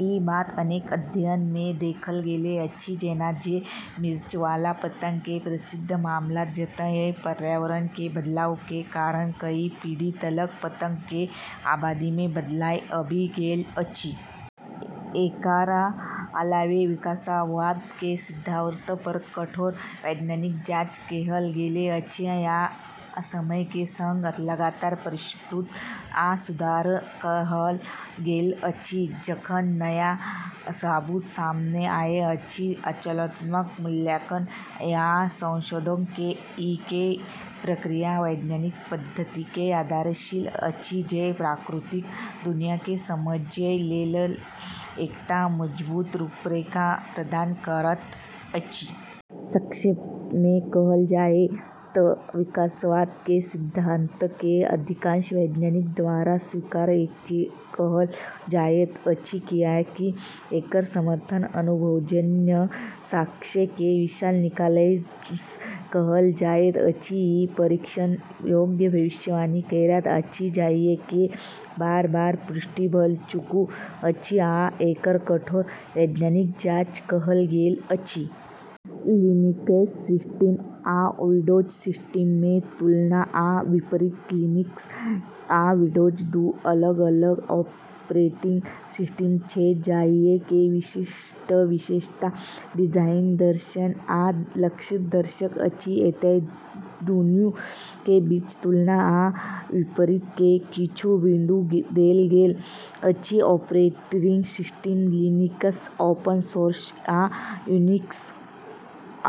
ई बात अनेक अध्ययन मे देखल गेल अछि, जेना जे मिर्च वाला पतंग के प्रसिद्ध मामला, जतय पर्यावरण मे बदलाव के कारण कई पीढ़ी तलक पतंग के आबादी मे बदलाव आबि गेल अछि। एकरा अलावे विकासवाद के सिद्धांत पर कठोर वैज्ञानिक जांच कएल गेल अछि आ समय के संग लगातार परिष्कृत आ सुधार कएल गेल अछि, जखन नया सबूत सामने आएल अछि। आलोचनात्मक मूल्यांकन आ संशोधन के ई प्रक्रिया वैज्ञानिक पद्धति के आधारशिला अछि, जे प्राकृतिक दुनिया के समझय लेल एकटा मजबूत रूपरेखा प्रदान करैत अछि। संक्षेप मे कहल जाय त' विकासवाद के सिद्धांत के अधिकांश वैज्ञानिक द्वारा स्वीकार कएल जाएत अछि, कियाकि एकर समर्थन अनुभवजन्य साक्ष्य के विशाल निकाय सँ कएल जाएत अछि, ई परीक्षण योग्य भविष्यवाणी करैत अछि जाहि के बार-बार पुष्टि भ चुकल अछि आ एकर कठोर वैज्ञानिक जांच कएल गेल अछि। लिनक्स सिस्टम आ विंडोज सिस्टम के तुलना आ विपरीत: लिनक्स आ विंडोज दू अलग-अलग ऑपरेटिंग सिस्टम छै जाहि के विशिष्ट विशेषता, डिजाइन दर्शन, आ लक्षित दर्शक अछि। एतय, दुनू के बीच तुलना आ विपरीत के किछु बिंदु देल गेल अछि: operating system: Linux open source आ यूनिक्स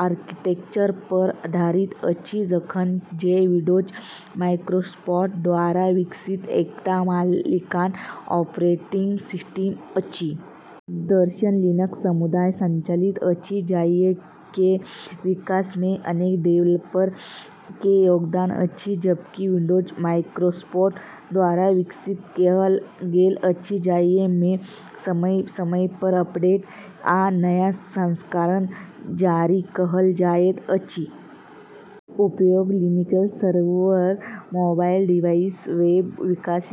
आर्किटेक्चर पर आधारित अछि, जखन जे विंडोज माइक्रोसॉफ्ट द्वारा विकसित एकटा मालिकाना ऑपरेटिंग सिस्टम अछि। दर्शन: लिनक्स समुदाय संचालित अछि, जाहि के विकास मे अनेक डेवलपर के योगदान अछि, जबकि विंडोज माइक्रोसॉफ्ट द्वारा विकसित कएल गेल अछि, जाहि मे समय-समय पर अपडेट आ नया संस्करण जारी कएल जाएत अछि। उपयोग: Linux server, mobile device, web विकास,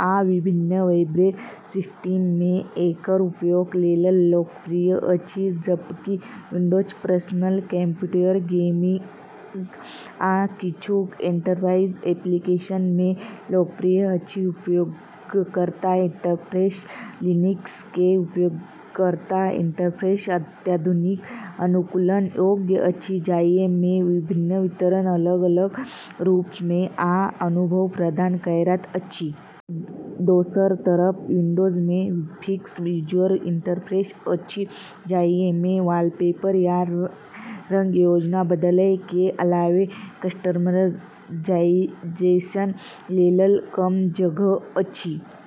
आ विभिन्न एम्बेड सिस्टम मे एकर उपयोग लेल लोकप्रिय अछि, जबकि विंडोज पर्सनल कंप्यूटर, गेमिंग, आ किछु एंटरप्राइज एप्लीकेशन मे लोकप्रिय अछि। उपयोगकर्ता इंटरफेस: लिनक्स के उपयोगकर्ता इंटरफेस अत्यधिक अनुकूलन योग्य अछि, जाहि मे विभिन्न वितरण अलग-अलग रूप आ अनुभव प्रदान करैत अछि। दोसर तरफ विंडोज मे फिक्स यूजर इंटरफेस अछि, जाहि मे वॉलपेपर या रंग योजना बदलय के अलावे कस्टमाइजेशन लेल कम जगह अछि।